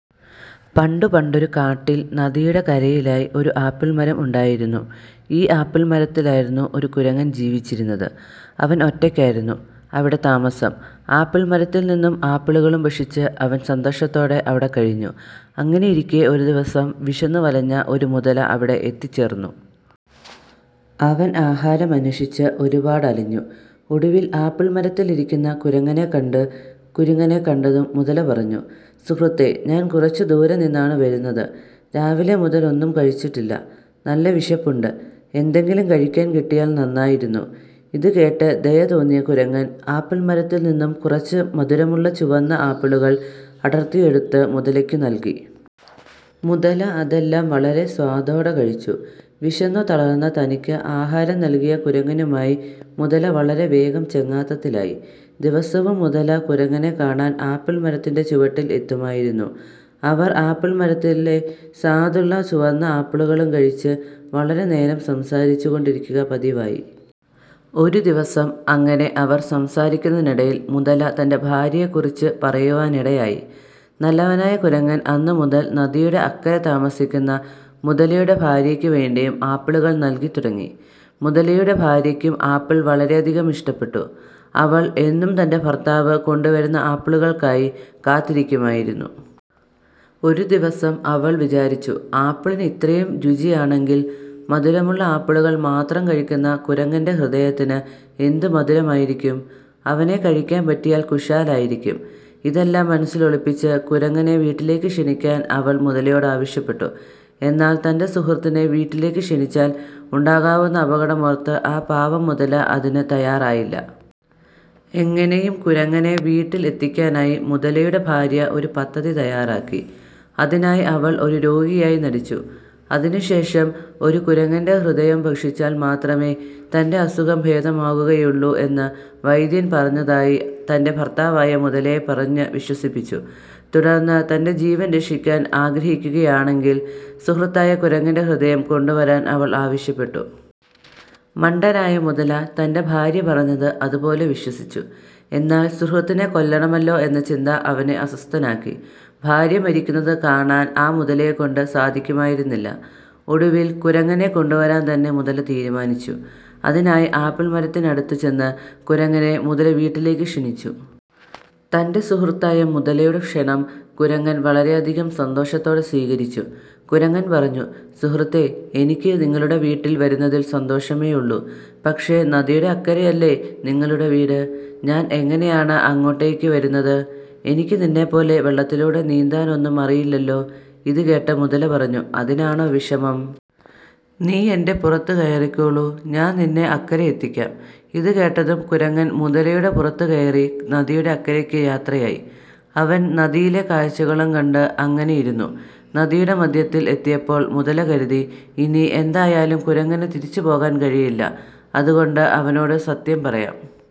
പണ്ടു പണ്ടൊരു കാട്ടിൽ നദിയുടെ കരയിലായി ഒരു ആപ്പിൾ മരം ഉണ്ടായിരുന്നു. ഈ ആപ്പിൾ മരത്തിലായിരുന്നു ഒരു കുരങ്ങൻ ജീവിച്ചിരുന്നത്. അവൻ ഒറ്റയ്ക്കായിരുന്നു അവിടെ താമസം. ആപ്പിൾ മരത്തിൽ നിന്നും ആപ്പിളുകളും ഭക്ഷിച്ച് അവൻ സന്തോഷത്തോടെ അവിടെ കഴിഞ്ഞു. അങ്ങനെയിരിക്കെ ഒരു ദിവസം വിശന്നു വലഞ്ഞ ഒരു മുതല അവിടെ എത്തിച്ചേർന്നു. അവൻ ആഹാരം അന്വേഷിച്ചു ഒരുപാട് അലഞ്ഞു. ഒടുവിൽ ആപ്പിൾ മരത്തിലിരിക്കുന്ന കുരങ്ങനെ കണ്ടു. കുരങ്ങനെ കണ്ടതും മുതല പറഞ്ഞു "സുഹൃത്തേ, ഞാൻ കുറച്ചു ദൂരെ നിന്നാണ് വരുന്നത്. രാവിലെ മുതൽ ഒന്നും കഴിച്ചിട്ടില്ല. നല്ല വിശപ്പുണ്ട് എന്തെങ്കിലും കഴിക്കാൻ കിട്ടിയാൽ നന്നായിരുന്നു. " ഇതു കേട്ട് ദയ തോന്നിയ കുരങ്ങൻ ആപ്പിൾ മരത്തിൽ നിന്നും കുറച്ച് മധുരമുള്ള ചുവന്ന ആപ്പിളുകൾ അടർത്തിയെടുത്തു മുതലയ്ക്കു നൽകി. മുതല അതെല്ലാം വളരെ സ്വാദോടെ കഴിച്ചു. വിശന്നു തളർന്ന തനിക്ക് ആഹാരം നൽകിയ കുരങ്ങനുമായി മുതല വളരെ വേഗം ചങ്ങാത്തത്തിലായി. ദിവസവും മുതല കുരങ്ങനെ കാണാൻ ആപ്പിൾ മരത്തിന്റെ ചുവട്ടിൽ എത്തുമായിരുന്നു. അവർ ആപ്പിൾ മരത്തിലെ സ്വാദുള്ള ചുവന്ന ആപ്പിളുകളും കഴിച്ചു വളരെ നേരം സംസാരിച്ചു കൊണ്ടിരിക്കുക പതിവായി. ഒരു ദിവസം അങ്ങനെ അവർ സംസാരിക്കുന്നതിനിടയിൽ മുതല തന്റെ ഭാര്യയെക്കുറിച്ചു പറയുവാനിടയായി. നല്ലവനായ കുരങ്ങൻ അന്നു മുതൽ നദിയുടെ അക്കരെ താമസിക്കുന്ന മുതലയുടെ ഭാര്യയ്ക്കു വേണ്ടിയും ആപ്പിളുകൾ നൽകി തുടങ്ങി. മുതലയുടെ ഭാര്യയ്ക്കും ആപ്പിൾ വളരെയധികം ഇഷ്ടപ്പെട്ടു. അവൾ എന്നും തന്റെ ഭർത്താവ് കൊണ്ടു വരുന്ന ആപ്പിളുകൾക്കായി കാത്തിരിക്കുമായിരുന്നു. ഒരു ദിവസം അവൾ വിചാരിച്ചു "ആപ്പിളിന് ഇത്രയും രുചിയാണെങ്കിൽ മധുരമുള്ള ആപ്പിളുകൾ മാത്രം കഴിക്കുന്ന കുരങ്ങന്റെ ഹൃദയത്തിന് എന്തു മധുരമായിരിക്കും? അവനെ കഴിക്കാൻ പറ്റിയാൽ കുശാലായിരിക്കും". ഇതെല്ലാം മനസ്സിലൊളിപ്പിച്ച് കുരങ്ങനെ വീട്ടിലേക്ക് ക്ഷണിക്കാൻ അവൾ മുതലയോട് ആവശ്യപ്പെട്ടു. എന്നാൽ തന്റെ സുഹൃത്തിനെ വീട്ടിലേക്കു ക്ഷണിച്ചാൽ ഉണ്ടാകാവുന്ന അപകടം ഓർത്ത് ആ പാവം മുതല അതിനു തയ്യാറായില്ല. എങ്ങനെയും കുരങ്ങനെ വീട്ടിൽ എത്തിക്കാനായി മുതലയുടെ ഭാര്യ ഒരു പദ്ധതി തയ്യാറാക്കി. അതിനായി അവൾ ഒരു രോഗിയായി നടിച്ചു. അതിനു ശേഷം ഒരു കുരങ്ങന്റെ ഹൃദയം ഭക്ഷിച്ചാൽ മാത്രമേ തന്റെ അസുഖം ഭേദമാകുകയുള്ളൂ എന്ന് വൈദ്യൻ പറഞ്ഞതായി തന്റെ ഭർത്താവായ മുതലയെ പറഞ്ഞു വിശ്വസിപ്പിച്ചു. തുടർന്ന് തന്റെ ജീവൻ രക്ഷിക്കാൻ ആഗ്രഹിക്കുകയാണെങ്കിൽ സുഹൃത്തായ കുരങ്ങന്റെ ഹൃദയം കൊണ്ടുവരാൻ അവൾ ആവശ്യപ്പെട്ടു. മണ്ടനായ മുതല തന്റെ ഭാര്യ പറഞ്ഞത് അതുപോലെ വിശ്വസിച്ചു. എന്നാൽ സുഹൃത്തിനെ കൊല്ലണമല്ലോ എന്ന ചിന്ത അവനെ അസ്വസ്ഥനാക്കി. ഭാര്യ മരിക്കുന്നത് കാണാൻ ആ മുതലയെ കൊണ്ട് സാധിക്കുമായിരുന്നില്ല. ഒടുവിൽ കുരങ്ങനെ കൊണ്ടു വരാൻ തന്നെ മുതല തീരുമാനിച്ചു. അതിനായി ആപ്പിൾ മരത്തിനടുത്തു ചെന്ന് കുരങ്ങനെ മുതല വീട്ടിലേക്ക് ക്ഷണിച്ചു. തന്റെ സുഹൃത്തായ മുതലയുടെ ക്ഷണം കുരങ്ങൻ വളരെയധികം സന്തോഷത്തോടെ സ്വീകരിച്ചു. കുരങ്ങൻ പറഞ്ഞു "സുഹൃത്തേ, എനിക്ക് നിങ്ങളുടെ വീട്ടിൽ വരുന്നതിൽ സന്തോഷമേയുള്ളൂ. പക്ഷേ നദിയുടെ അക്കരെയല്ലേ നിങ്ങളുടെ വീട്. ഞാൻ എങ്ങനെയാണ് അങ്ങോട്ടേക്ക് വരുന്നത്? എനിക്ക് നിന്നെ പോലെ വെള്ളത്തിലൂടെ നീന്താനൊന്നും അറിയില്ലല്ലോ? " ഇതു കേട്ട മുതല പറഞ്ഞു "അതിനാണോ വിഷമം. നീ എന്റെ പുറത്തു കയറിക്കോളൂ. ഞാൻ നിന്നെ അക്കരെ എത്തിക്കാം. " ഇതു കേട്ടതും കുരങ്ങൻ മുതലയുടെ പുറത്തു കയറി നദിയുടെ അക്കരേയ്ക്ക് യാത്രയായി. അവൻ നദിയിലെ കാഴ്ചകളും കണ്ടു അങ്ങനെ ഇരുന്നു. നദിയുടെ മധ്യത്തിൽ എത്തിയപ്പോൾ മുതല കരുതി "ഇനി എന്തായാലും കുരങ്ങനു തിരിച്ചു പോകാൻ കഴിയില്ല. അതുകൊണ്ട് അവനോടു സത്യം പറയാം. "